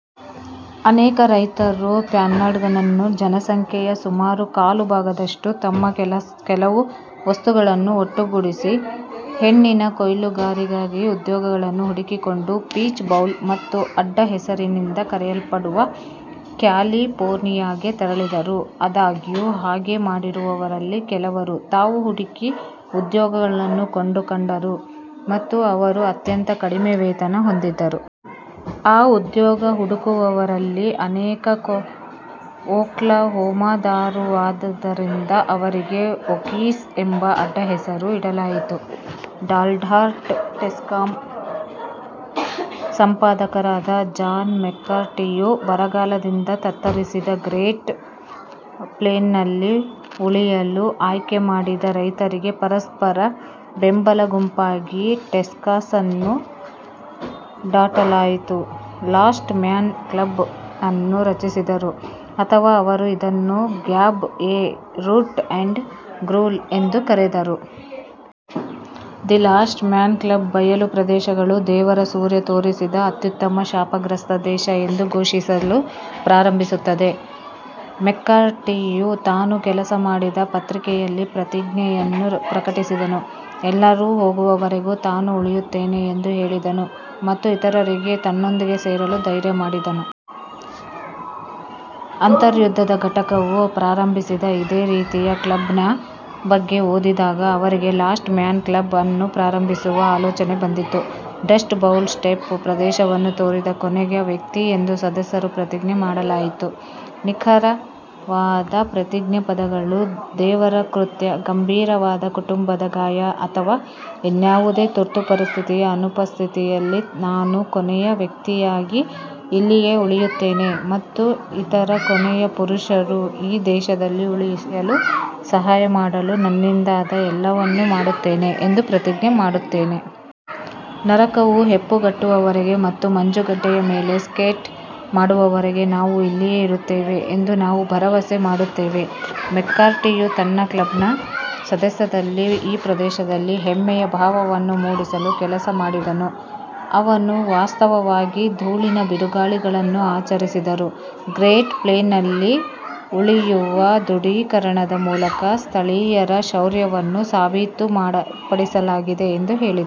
ಅನೇಕ ರೈತರು, ಪ್ಯಾನ್ಹ್ಯಾಂಡಲ್ ಜನಸಂಖ್ಯೆಯ ಸುಮಾರು ಕಾಲು ಭಾಗದಷ್ಟು, ತಮ್ಮ ಕೆಲವು ವಸ್ತುಗಳನ್ನು ಒಟ್ಟುಗೂಡಿಸಿ, ಹಣ್ಣಿನ ಕೊಯ್ಲುಗಾರರಾಗಿ ಉದ್ಯೋಗಗಳನ್ನು ಹುಡುಕಿಕೊಂಡು "ಪೀಚ್ ಬೌಲ್" ಎಂಬ ಅಡ್ಡಹೆಸರಿನಿಂದ ಕರೆಯಲ್ಪಡುವ ಕ್ಯಾಲಿಫೋರ್ನಿಯಾಗೆ ತೆರಳಿದರು. ಆದಾಗ್ಯೂ, ಹಾಗೆ ಮಾಡಿದವರಲ್ಲಿ, ಕೆಲವರು ತಾವು ಹುಡುಕಿದ ಉದ್ಯೋಗಗಳನ್ನು ಕಂಡುಕೊಂಡರು, ಮತ್ತು ಅವರು ಅತ್ಯಂತ ಕಡಿಮೆ ವೇತನವನ್ನು ಹೊಂದಿದ್ದರು. ಈ ಉದ್ಯೋಗ ಹುಡುಕುವವರಲ್ಲಿ ಅನೇಕರು ಒಕ್ಲಹೋಮಾದವರಾಗಿರುವುದರಿಂದ ಅವರಿಗೆ "ಓಕೀಸ್" ಎಂಬ ಅಡ್ಡಹೆಸರು ಇಡಲಾಗಿತ್ತು. ಡಾಲ್ಹಾರ್ಟ್ ಟೆಕ್ಸಾನ್ನ ಸಂಪಾದಕರಾದ ಜಾನ್ ಮ್ಯಾಕ್ಕಾರ್ಟಿಯು, ಬರಗಾಲದಿಂದ ತತ್ತರಿಸಿದ ಗ್ರೇಟ್ ಪ್ಲೇನ್ಸ್ನಲ್ಲಿ ಉಳಿಯಲು ಆಯ್ಕೆ ಮಾಡಿದ ರೈತರಿಗೆ ಪರಸ್ಪರ ಬೆಂಬಲ ಗುಂಪಾಗಿ ಟೆಕ್ಸಾಸ್ನ ಡಾಲ್ಹಾರ್ಟ್ನಲ್ಲಿ ಲಾಸ್ಟ್ ಮ್ಯಾನ್ ಕ್ಲಬ್ ಅನ್ನು ರಚಿಸಿದರು ಅಥವಾ ಅವರು ಅದನ್ನು "grab a root and growl" ಎಂದು ಕರೆದರು. ದಿ ಲಾಸ್ಟ್ ಮ್ಯಾನ್ ಕ್ಲಬ್ ಬಯಲು ಪ್ರದೇಶಗಳು "ದೇವರ ಸೂರ್ಯ ತೋರಿಸಿದ ಅತ್ಯುತ್ತಮ ಶಾಪಗ್ರಸ್ತ ದೇಶ" ಎಂದು ಘೋಷಿಸಲು ಪ್ರಾರಂಭಿಸುತ್ತದೆ, ಮೆಕ್ಕಾರ್ಟಿಯು ತಾನು ಕೆಲಸ ಮಾಡಿದ ಪತ್ರಿಕೆಯಲ್ಲಿ ಪ್ರತಿಜ್ಞೆಯನ್ನು ಪ್ರಕಟಿಸಿದನು, ಎಲ್ಲರೂ ಹೋಗುವವರೆಗೂ ತಾನು ಉಳಿಯುತ್ತೇನೆ ಎಂದು ಹೇಳಿದನು ಮತ್ತು ಇತರರಿಗೆ ತನ್ನೊಂದಿಗೆ ಸೇರಲು ಧೈರ್ಯ ಮಾಡಿದನು. ಅಂತರ್ಯುದ್ಧದ ಘಟಕವು ಪ್ರಾರಂಭಿಸಿದ ಇದೇ ರೀತಿಯ ಕ್ಲಬ್ನ ಬಗ್ಗೆ ಓದಿದಾಗ ಅವರಿಗೆ ಲಾಸ್ಟ್ ಮ್ಯಾನ್ ಕ್ಲಬ್ ಅನ್ನು ಪ್ರಾರಂಭಿಸುವ ಆಲೋಚನೆ ಬಂದಿತು. ಡಸ್ಟ್-ಬೌಲ್-ಸ್ವೆಪ್ಟ್ ಪ್ರದೇಶವನ್ನು ತೊರೆದ ಕೊನೆಯ ವ್ಯಕ್ತಿ ಎಂದು ಸದಸ್ಯರು ಪ್ರತಿಜ್ಞೆ ಮಾಡಬೇಕಾಗಿತ್ತು. ನಿಖರವಾದ ಪ್ರತಿಜ್ಞೆಯ ಪದಗಳು "ದೇವರ ಕೃತ್ಯ, ಗಂಭೀರವಾದ ಕುಟುಂಬದ ಗಾಯ ಅಥವಾ ಇನ್ನಾವುದೇ ತುರ್ತು ಪರಿಸ್ಥಿತಿಯ ಅನುಪಸ್ಥಿತಿಯಲ್ಲಿ, ನಾನು ಕೊನೆಯ ವ್ಯಕ್ತಿಯಾಗಿ ಇಲ್ಲಿಯೇ ಉಳಿಯುತ್ತೇನೆ ಮತ್ತು ಇತರ ಕೊನೆಯ ಪುರುಷರು ಈ ದೇಶದಲ್ಲಿ ಉಳಿಯಲು ಸಹಾಯ ಮಾಡಲು ನನ್ನಿಂದಾದ ಎಲ್ಲವನ್ನೂ ಮಾಡುತ್ತೇನೆ ಎಂದು ಪ್ರತಿಜ್ಞೆ ಮಾಡುತ್ತೇನೆ. ನರಕವು ಹೆಪ್ಪುಗಟ್ಟುವವರೆಗೆ ಮತ್ತು ಮಂಜುಗಡ್ಡೆಯ ಮೇಲೆ ಸ್ಕೇಟ್ ಮಾಡುವವರೆಗೆ ನಾವು ಇಲ್ಲಿಯೇ ಇರುತ್ತೇವೆ ಎಂದು ನಾವು ಭರವಸೆ ನೀಡುತ್ತೇವೆ. ಮೆಕ್ಕಾರ್ಟಿಯು ತನ್ನ ಕ್ಲಬ್ನ ಸದಸ್ಯರಲ್ಲಿ ಈ ಪ್ರದೇಶದಲ್ಲಿ ಹೆಮ್ಮೆಯ ಭಾವವನ್ನು ಮೂಡಿಸಲು ಕೆಲಸ ಮಾಡಿದನು. ಅವರು ವಾಸ್ತವವಾಗಿ ಧೂಳಿನ ಬಿರುಗಾಳಿಗಳನ್ನು ಆಚರಿಸಿದರು, ಗ್ರೇಟ್ ಪ್ಲೇನ್ಸ್ನಲ್ಲಿ ಉಳಿಯುವ ದೃಢೀಕರಣದ ಮೂಲಕ ಸ್ಥಳೀಯರ ಶೌರ್ಯವನ್ನು ಸಾಬೀತುಪಡಿಸಲಾಗಿದೆ ಎಂದು ಹೇಳಿದರು.